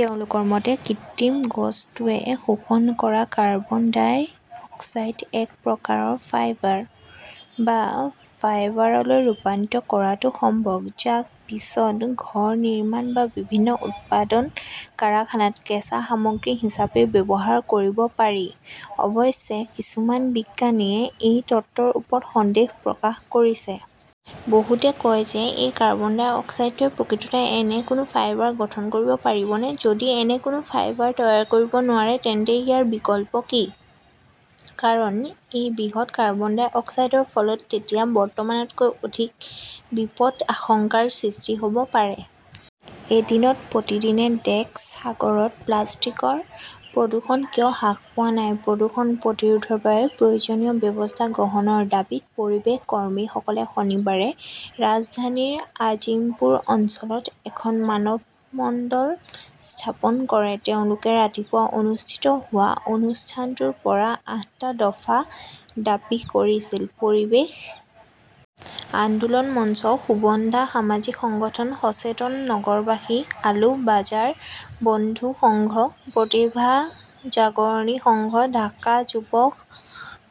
তেওঁলোকৰ মতে, কৃত্ৰিম গছটোৱে শোষণ কৰা কাৰ্বন-ডাই অক্সাইডক এক প্ৰকাৰৰ 'ফাইবাৰ' বা ফাইবাৰলৈ ৰূপান্তৰিত কৰাটো সম্ভৱ, যাক পিছত ঘৰ নিৰ্মাণ বা বিভিন্ন উৎপাদন কাৰখানাত কেঁচা সামগ্ৰী হিচাপেও ব্যৱহাৰ কৰিব পাৰি। অৱশ্যে, কিছুমান বিজ্ঞানীয়ে এই তত্ত্বৰ ওপৰত সন্দেহ প্ৰকাশ কৰিছে। বহুতে কয় যে এই কাৰ্বন-ডাই অক্সাইডটোৱে প্ৰকৃততে এনে কোনো ফাইবাৰ গঠন কৰিব পাৰিবনে? যদি এনে কোনো ফাইবাৰ তৈয়াৰ কৰিব নোৱাৰি, তেন্তে ইয়াৰ বিকল্প কি? কাৰণ এই বৃহৎ কাৰ্বন-ডাই অক্সাইডৰ ফলত তেতিয়া বৰ্তমানতকৈ অধিক বিপদাশংকাৰ সৃষ্টি হ'ব পাৰে। এদিনত প্ৰতিদিনে ডেস্ক সাগৰত প্লাষ্টিকৰ প্ৰদূষণ কিয় হ্ৰাস হোৱা নাই প্ৰদূষণ প্ৰতিৰোধৰ বাবে প্ৰয়োজনীয় ব্যৱস্থা গ্ৰহণৰ দাবীত পৰিৱেশ কৰ্মীসকলে শনিবাৰে ৰাজধানীৰ আজিমপুৰ অঞ্চলত এখন মানৱমণ্ডল স্থাপন কৰে। তেওঁলোকে ৰাতিপুৱা অনুষ্ঠিত হোৱা অনুষ্ঠানটোৰ পৰা আঠটা দফা দাবী কৰিছিল। পৰিৱেশ আন্দোলন মঞ্চ, সুবন্ধা সামাজিক সংগঠন, সচেতন নগৰবাসী, আলু বজাৰ বন্ধু সংঘ, প্ৰতিভা জাগৰনী সংঘ, ঢাকা যুৱ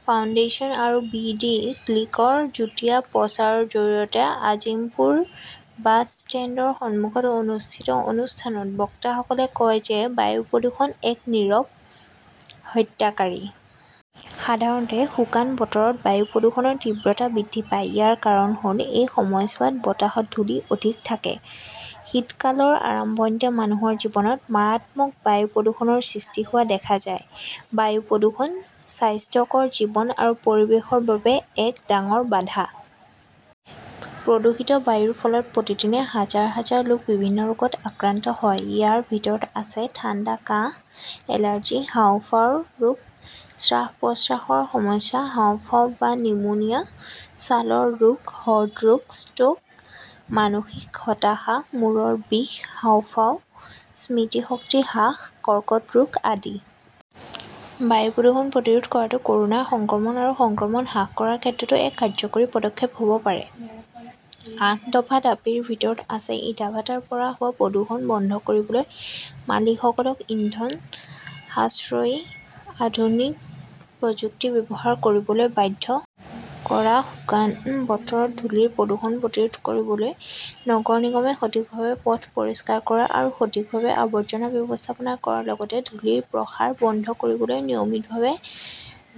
ফাউণ্ডেশ্যন আৰু বি. ডি. ক্লিকৰ যুটীয়া প্ৰচাৰৰ জৰিয়তে আজিম্পুৰ বাছ ষ্টেণ্ডৰ সন্মুখত অনুষ্ঠিত অনুষ্ঠানত বক্তাসকলে কয় যে বায়ু প্ৰদূষণ এক নীৰৱ হত্যাকাৰী। সাধাৰণতে শুকান বতৰত বায়ু প্ৰদূষণৰ তীব্ৰতা বৃদ্ধি পায়। ইয়াৰ কাৰণ হ'ল এই সময়ছোৱাত বতাহত ধূলি অধিক থাকে। শীতকালৰ আৰম্ভণিতে মানুহৰ জীৱনত মাৰাত্মক বায়ু প্ৰদূষণৰ সৃষ্টি হোৱা দেখা যায়। বায়ু প্ৰদূষণ স্বাস্থ্যকৰ জীৱন আৰু পৰিৱেশৰ বাবে এক ডাঙৰ বাধা। প্ৰদূষিত বায়ুৰ ফলত প্ৰতিদিনে হাজাৰ হাজাৰ লোক বিভিন্ন ৰোগত আক্ৰান্ত হয়। ইয়াৰ ভিতৰত আছে-ঠাণ্ডা কাহ, এলাৰ্জি, হাঁওফাঁওৰ ৰোগ, শ্বাস-প্ৰশ্বাসৰ সমস্যা, হাঁওফাঁও বা নিউমোনিয়া, ছালৰ ৰোগ, হৃদৰোগ, ষ্ট্ৰোক, মানসিক হতাশা, মূৰৰ বিষ, হাঁওফাঁও, স্মৃতিশক্তি হ্ৰাস, কৰ্কট ৰোগ আদি। বায়ু প্ৰদূষণ প্ৰতিৰোধ কৰাটো ক'ৰোনাৰ সংক্ৰমণ আৰু সংক্ৰমণ হ্ৰাস কৰাৰ ক্ষেত্ৰতো এক কাৰ্যকৰী পদক্ষেপ হ'ব পাৰে। আঠ দফা দাবীৰ ভিতৰত আছে-ইটাভাটাৰ পৰা হোৱা প্ৰদূষণ বন্ধ কৰিবলৈ মালিকসকলক ইন্ধন-সাশ্ৰয়ী আধুনিক প্ৰযুক্তি ব্যৱহাৰ কৰিবলৈ বাধ্য কৰা, শুকান বতৰত ধূলিৰ প্ৰদূষণ প্ৰতিৰোধ কৰিবলৈ নগৰ নিগমে সঠিকভাৱে পথ পৰিষ্কাৰ কৰা আৰু সঠিকভাৱে আৱৰ্জনা ব্যৱস্থাপনা কৰাৰ লগতে ধূলিৰ প্ৰসাৰ বন্ধ কৰিবলৈ নিয়মিতভাৱে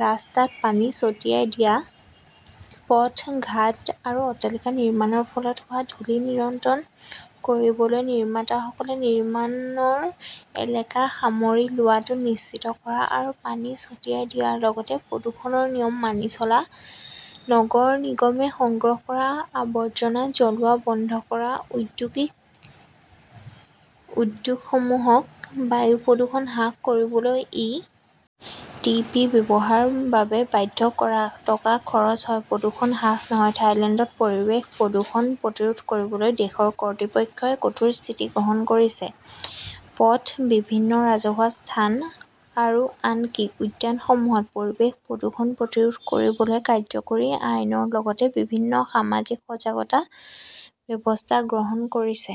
ৰাস্তাত পানী ছটিয়াই দিয়া, পথ-ঘাট আৰু অট্টালিকা নিৰ্মাণৰ ফলত হোৱা ধূলি নিয়ন্ত্ৰণ কৰিবলৈ নিৰ্মাতাসকলে নিৰ্মাণৰ এলেকা সামৰি লোৱাটো নিশ্চিত কৰা আৰু পানী ছটিয়াই দিয়াৰ লগতে প্ৰদূষণৰ নিয়ম মানি চলা, নগৰ নিগমে সংগ্ৰহ কৰা আৱৰ্জনা জ্বলোৱা বন্ধ কৰা, ঔদ্যোগিক উদ্যোগসমূহক বায়ু প্ৰদূষণ হ্ৰাস কৰিবলৈ ই. টি. পি. ব্যৱহাৰ বাবে বাধ্য কৰা। টকা খৰচ হয়, প্ৰদূষণ হ্ৰাস নহয় ।থাইলেণ্ডত পৰিৱেশ প্ৰদূষণ প্ৰতিৰোধ কৰিবলৈ দেশৰ কৰ্তৃপক্ষই কঠোৰ স্থিতি গ্ৰহণ কৰিছে। পথ, বিভিন্ন ৰাজহুৱা স্থান আৰু আনকি উদ্যানসমূহত পৰিৱেশ প্ৰদূষণ প্ৰতিৰোধ কৰিবলৈ কাৰ্যকৰী আইনৰ লগতে বিভিন্ন সামাজিক সজাগতা ব্যৱস্থা গ্ৰহণ কৰিছে।